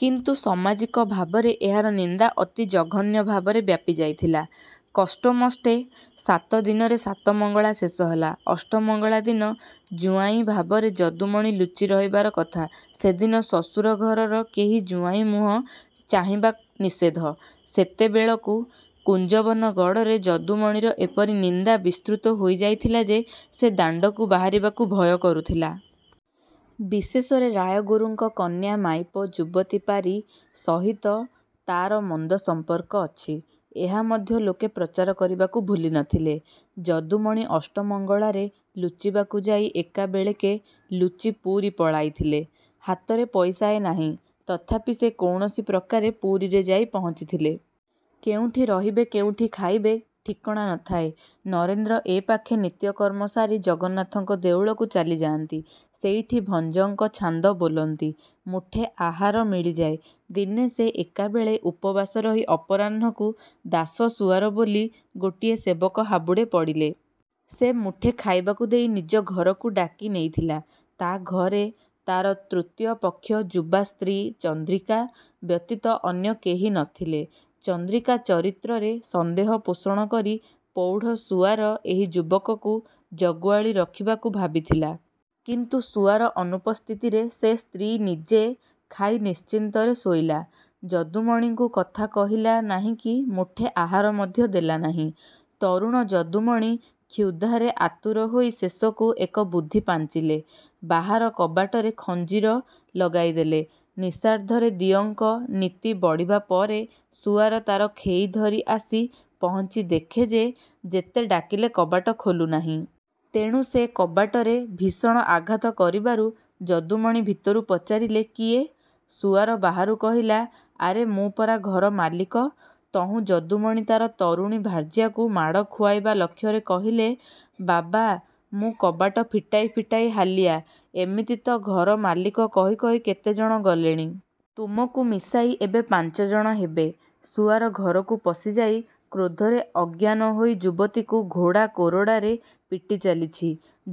କିନ୍ତୁ ସମାଜିକ ଭାବରେ ଏହାର ନିନ୍ଦା ଅତି ଜଘନ୍ୟ ଭାବରେ ବ୍ୟାପି ଯାଇଥିଲା। କଷ୍ଟୋମଷ୍ଟେ ସାତଦିନରେ ସାତମଙ୍ଗଳା ଶେଷ ହେଲା। ଅଷ୍ଟମଙ୍ଗଳା ଦିନ ଜୁଆଇଁ ଭାବରେ ଯଦୁମଣି ଲୁଚି ରହିବାର କଥା। ସେଦିନ ଶ୍ୱଶୁର ଘରର କେହି ଜୁଆଇଁ ମୁହ ଚାହିଁବା ନିଷେଧ। ସେତେବେଳକୁ କୁଞ୍ଜବନ ଗଡ଼ରେ ଯଦୁମଣିର ଏପରି ନିନ୍ଦା ବିସ୍ତୃତ ହୋଇ ଯାଇଥିଲା ଯେ ସେ ଦାଣ୍ଡକୁ ବାହାରିବାକୁ ଭୟ କରୁଥିଲା। ବିଶେଷରେ ରାୟଗୁରୁଙ୍କ କନ୍ୟା-ମାଇପ ଯୁବତୀ ପାରି ସହିତ ତା'ର ମନ୍ଦ ସଂପର୍କ ଅଛି, ଏହା ମଧ୍ୟ ଲୋକେ ପ୍ରଚାର କରିବାକୁ ଭୁଲି ନ ଥିଲେ। ଯଦୁମଣି ଅଷ୍ଟମଙ୍ଗଳାରେ ଲୁଚିବାକୁ ଯାଇ ଏକାବେଳେକେ ଲୁଚି ପୁରୀ ପଳାଇଥିଲେ। ହାତରେ ପଇସାଏ ନାହିଁ। ତଥାପି ସେ କୌଣସି ପ୍ରକାରେ ପୁରୀରେ ଯାଇ ପହଞ୍ଚିଥିଲେ-। କେଉଁଠି ରହିବେ, କେଉଁଠି ଖାଇବେ, ଠିକଣା ନ ଥାଏ। ନରେନ୍ଦ୍ର ଏ ପାଖେ ନିତ୍ୟକର୍ମ ସାରି ଜଗନ୍ନାଥଙ୍କ ଦେଉଳକୁ ଚାଲିଯାଆନ୍ତି। ସେଇଠି ଭଞ୍ଜଙ୍କ ଛାନ୍ଦ ବୋଲନ୍ତି। ମୁଠେ ଆହାର ମିଳିଯାଏ-। ଦିନେ ସେ ଏକାବେଳେ ଉପବାସ ରହି ଅପରାହ୍ନକୁ ଦାସ ସୁଆର ବୋଲି ଗୋଟିଏ ସେବକ ହାବୁଡ଼େ ପଡ଼ିଲେ। ସେ ମୁଠେ ଖାଇବାକୁ ଦେଇ ନିଜ ଘରକୁ ଡାକି ନେଇଥିଲା-। ତା ଘରେ ତାର ତୃତୀୟ ପକ୍ଷ ଯୁବା ସ୍ତ୍ରୀ ଚନ୍ଦ୍ରିକା ବ୍ୟତୀତ ଅନ୍ୟ କେହି ନ ଥିଲେ। ଚନ୍ଦ୍ରିକା ଚରିତ୍ରରେ ସନ୍ଦେହ ପୋଷଣ କରି ପୌଢ଼ ସୁଆର ଏହି ଯୁବକକୁ ଜଗୁଆଳୀ ରଖିବାକୁ ଭାବିଥିଲା। କିନ୍ତୁ ସୁଆର ଅନୁପସ୍ଥିତିରେ ସେ ସ୍ତ୍ରୀ ନିଜେ ଖାଇ ନିଶ୍ଚିନ୍ତରେ ଶୋଇଲା। ଯଦୁମଣିଙ୍କୁ କଥା କହିଲା ନାହିଁକି ମୁଠେ ଆହାର ମଧ୍ୟ ଦେଲା ନାହିଁ। ତରୁଣ ଯଦୁମଣି କ୍ଷୁଧାରେ ଆତୁର ହୋଇ ଶେଷକୁ ଏକ ବୁଦ୍ଧି ପାଞ୍ଚିଲେ। ବାହାର କବାଟରେ ଝଞ୍ଜିର ଲଗାଇଦେଲେ। ନିଶାର୍ଦ୍ଧରେ ଦିଅଙ୍କ ନୀତି ବଢ଼ିବା ପରେ ସୁଆର ତାର ଖେଇଧରି ଆସି ପହଞ୍ଚି ଦେଖେ ଯେ ଯେତେ ଡାକିଲେ କବାଟ ଖୋଲୁ ନାହିଁ। ତେଣୁ ସେ କବାଟରେ ଭୀଷଣ ଆଘାତ କରିବାରୁ ଯଦୁମଣି ଭିତରୁ ପଚାରିଲେ-'କିଏ? ' ସୁଆର ବାହାରୁ କହିଲା-ଆରେ, ମୁଁ ପରା ଘର ମାଲିକ। ତହୁଁ ଯଦୁମଣି ତାର ତରୁଣୀ ଭାର୍ଯ୍ୟାକୁ ମାଡ଼ ଖୁଆଇବା ଲକ୍ଷ୍ୟରେ କହିଲେ-'ବାବା! ମୁଁ କବାଟ ଫିଟାଇ ଫିଟାଇ ହାଲିଆ। ଏମିତି ତ ଘର ମାଲିକ କହି କହି କେତେ ଜଣ ଗଲେଣି-। ତୁମକୁ ମିଶାଇ ଏବେ ପାଞ୍ଚ ଜଣ ହେବେ-। ' ସୁଆର ଘରକୁ ପଶିଯାଇ କ୍ରୋଧରେ ଅଜ୍ଞାନ ହୋଇ ଯୁବତୀକୁ ଘୋଡ଼ା କୋରଡ଼ାରେ ପିଟି ଚାଲିଛି।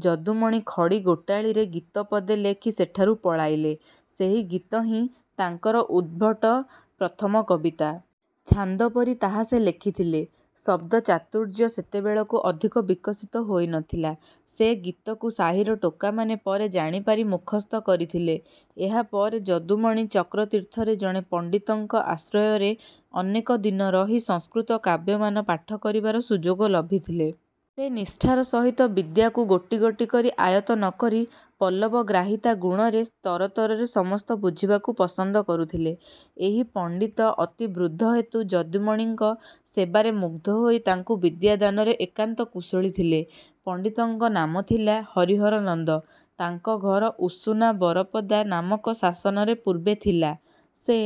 ଯଦୁମଣି ଖଡ଼ି ଗୋଟାଳିରେ ଗୀତ ପଦେ ଲେଖି ସେଠାରୁ ପଳାଇଲେ। ସେହି ଗୀତ ହିଁ ତାଙ୍କର ଉଦ୍ଭଟ ପ୍ରଥମ କବିତା। ଛାନ୍ଦପରି ତାହା ସେ ଲେଖିଥିଲେ। ଶବ୍ଦଚାତୁର୍ଯ୍ୟ ସେତେବେଳକୁ ଅଧିକ ବିକଶିତ ହୋଇ ନ ଥିଲା। ସେ ଗୀତକୁ ସାହିର ଟୋକାମାନେ ପରେ ଜାଣିପାରି ମୁଖସ୍ଥ କରିଥିଲେ। ଏହାପରେ ଯଦୁମଣି ଚକ୍ରତୀର୍ଥରେ ଜଣେ ପଣ୍ଡିତଙ୍କ ଆଶ୍ରୟରେ ଅନେକ ଦିନ ରହି ସଂସ୍କୃତ କାବ୍ୟମାନ ପାଠ କରିବାର ସୁଯୋଗ ଲଭିଥିଲେ। ସେ ନିଷ୍ଠାର ସହିତ ବିଦ୍ୟାକୁ ଗୋଟି ଗୋଟି କରି ଆୟତ୍ତ ନ କରି ପଲ୍ଲବଗ୍ରାହିତା ଗୁଣରେ ତରତରରେ ସମସ୍ତ ବୁଝିବାକୁ ପସନ୍ଦ କରୁଥିଲେ। ଏହି ପଣ୍ଡିତ ଅତି ବୃଦ୍ଧ ହେତୁ ଯଦୁମଣିଙ୍କ ସେବାରେ ମୁଗ୍ଧ ହୋଇ ତାଙ୍କୁ ବିଦ୍ୟାଦାନରେ ଏକାନ୍ତ କୁଶଳୀ ଥିଲେ। ପଣ୍ତିତଙ୍କ ନାମ ଥିଲା ହରିହର ନନ୍ଦ। ତାଙ୍କ ଘର ଉଷୁନା ବରପଦା ନାମକ ଶାସନରେ ପୁର୍ବେ ଥିଲା। ସେ